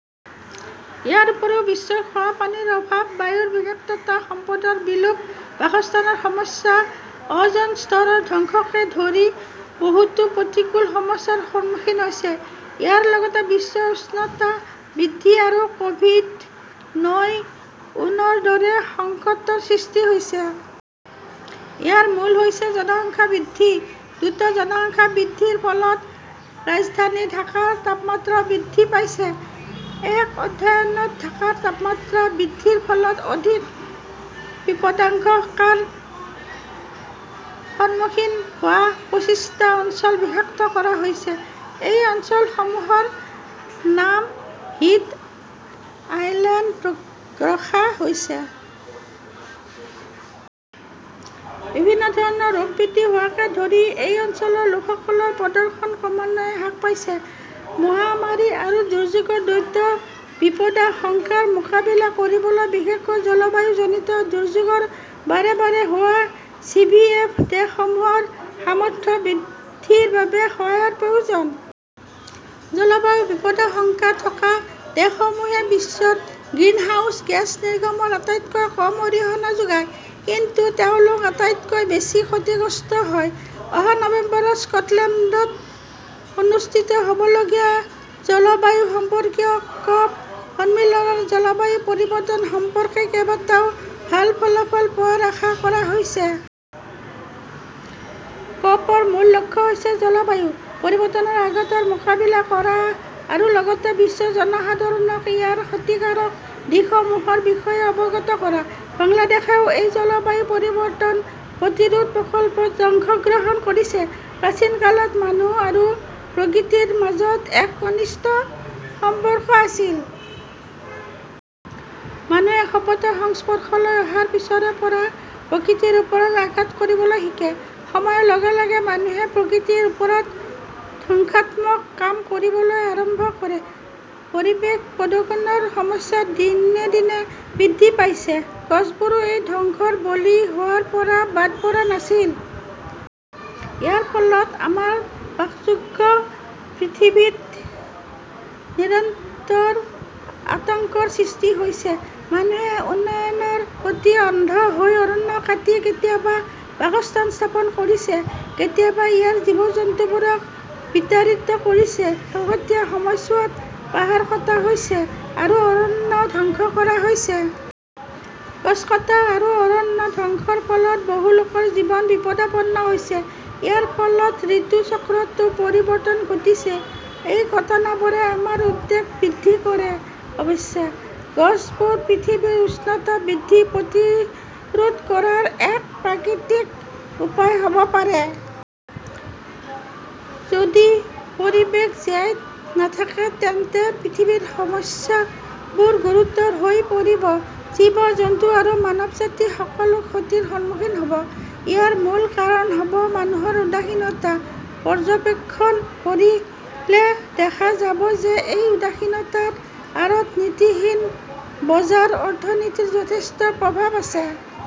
ইয়াৰ উপৰিও বিশ্বই খোৱা পানীৰ অভাৱ, বায়ুৰ বিষাক্ততা, সম্পদৰ বিলোপ, বাসস্থানৰ সমস্যা, অ'জন স্তৰৰ ধ্বংসকে ধৰি বহুতো প্ৰতিকূল সমস্যাৰ সন্মুখীন হৈছে। ইয়াৰ লগতে বিশ্ব উষ্ণতা বৃদ্ধি আৰু ক'ভিড-নৈ ঊনৰ দৰে সংকটৰ সৃষ্টি হৈছে। ইয়াৰ মূল হৈছে জনসংখ্যা বৃদ্ধি। দ্ৰুত জনসংখ্যা বৃদ্ধিৰ ফলত ৰাজধানী ঢাকাৰ তাপমাত্ৰাও বৃদ্ধি পাইছে। এক অধ্যয়নত ঢাকাৰ তাপমাত্ৰা বৃদ্ধিৰ ফলত অধিক বিপদাশংকাৰ সন্মুখীন হোৱা পঁচিশটা অঞ্চল চিনাক্ত কৰা হৈছে। এই অঞ্চলসমূহৰ নাম 'হিট আইলেণ্ড' ৰখা হৈছে। বিভিন্ন ধৰণৰ ৰোগ বৃদ্ধি হোৱাকে ধৰি এই অঞ্চলৰ লোকসকলৰ প্ৰদৰ্শন ক্ৰমান্বয়ে হ্ৰাস পাইছে। মহামাৰী আৰু দুৰ্যোগৰ দ্বৈত বিপদাশংকাৰ মোকাবিলা কৰিবলৈ, বিশেষকৈ জলবায়ুজনিত দুৰ্যোগৰ বাৰে বাৰে হোৱা চিভিএফ দেশসমূহৰ সামৰ্থ্য বৃদ্ধিৰ বাবে সহায়ৰ প্ৰয়োজন। জলবায়ু বিপদাশংকা থকা দেশসমূহে বিশ্বৰ গ্ৰিনহাউজ গেছ নিৰ্গমনত আটাইতকৈ কম অৰিহণা যোগায়, কিন্তু তেওঁলোক আটাইতকৈ বেছি ক্ষতিগ্ৰস্ত হয়। অহা নৱেম্বৰত স্কটলেণ্ডত অনুষ্ঠিত হ'বলগীয়া জলবায়ু সম্পৰ্কীয় ক'প সন্মিলনত, জলবায়ু পৰিৱৰ্তন সম্পৰ্কে কেইবাটাও ভাল ফলাফল পোৱাৰ আশা কৰা হৈছে। ক'পৰ মূল লক্ষ্য হৈছে, জলবায়ু পৰিৱৰ্তনৰ আঘাতৰ মোকাবিলা কৰা আৰু লগতে বিশ্বৰ জনসাধাৰণক ইয়াৰ ক্ষতিকাৰক দিশসমূহৰ বিষয়ে অৱগত কৰা। বাংলাদেশেও এই জলবায়ু পৰিৱৰ্তন প্ৰতিৰোধ প্ৰকল্পত অংশগ্ৰহণ কৰিছে। প্ৰাচীন কালত মানুহ আৰু প্ৰকৃতিৰ মাজত এক ঘনিষ্ঠ সম্পৰ্ক আছিল। মানুহে সভ্যতাৰ সংস্পৰ্শলৈ অহাৰ পিছৰে পৰা প্ৰকৃতিৰ ওপৰত আঘাত কৰিবলৈ শিকে। সময়ৰ লগে লগে মানুহে প্ৰকৃতিৰ ওপৰত ধ্বংসাত্মক কাম কৰিবলৈ আৰম্ভ কৰে। পৰিৱেশ প্ৰদূষণৰ সমস্যা দিনে দিনে বৃদ্ধি পাইছে। গছবোৰো এই ধ্বংসৰ বলি হোৱাৰ পৰা বাদ পৰা নাছিল। ইয়াৰ ফলত আমাৰ বাসযোগ্য পৃথিৱীত নিৰন্তৰ আতংকৰ সৃষ্টি হৈছে। মানুহে উন্নয়নৰ প্ৰতি অন্ধ হৈ অৰণ্য কাটি কেতিয়াবা বাসস্থান স্থাপন কৰিছে, কেতিয়াবা ইয়াৰ জীৱ-জন্তুবোৰক বিতাড়িত কৰিছে। শেহতীয়া সময়ছোৱাত পাহাৰ কটা হৈছে আৰু অৰণ্য ধ্বংস কৰা হৈছে। গছ কটা আৰু অৰণ্য ধ্বংসৰ ফলত বহু লোকৰ জীৱন বিপদাপন্ন হৈছে। ইয়াৰ ফলত ঋতুচক্ৰতো পৰিৱৰ্তন ঘটিছে। এই ঘটনাবোৰে আমাৰ উদ্বেগ বৃদ্ধি কৰে। অৱশ্যে, গছবোৰ পৃথিৱীৰ উষ্ণতা বৃদ্ধি প্ৰতিৰোধ কৰাৰ এক প্ৰাকৃতিক উপায় হ'ব পাৰে। যদি পৰিৱেশ জীয়াই নাথাকে, তেন্তে পৃথিৱীৰ সমস্যাবোৰ গুৰুতৰ হৈ পৰিব। জীৱ-জন্তু আৰু মানৱজাতি সকলো ক্ষতিৰ সন্মুখীন হ'ব। ইয়াৰ মূল কাৰণ হ'ব মানুহৰ উদাসীনতা। পৰ্যবেক্ষণ কৰিলে দেখা যাব যে এই উদাসীনতাৰ আঁৰত নীতিহীন বজাৰ অৰ্থনীতিৰ যথেষ্ট প্ৰভাৱ আছে।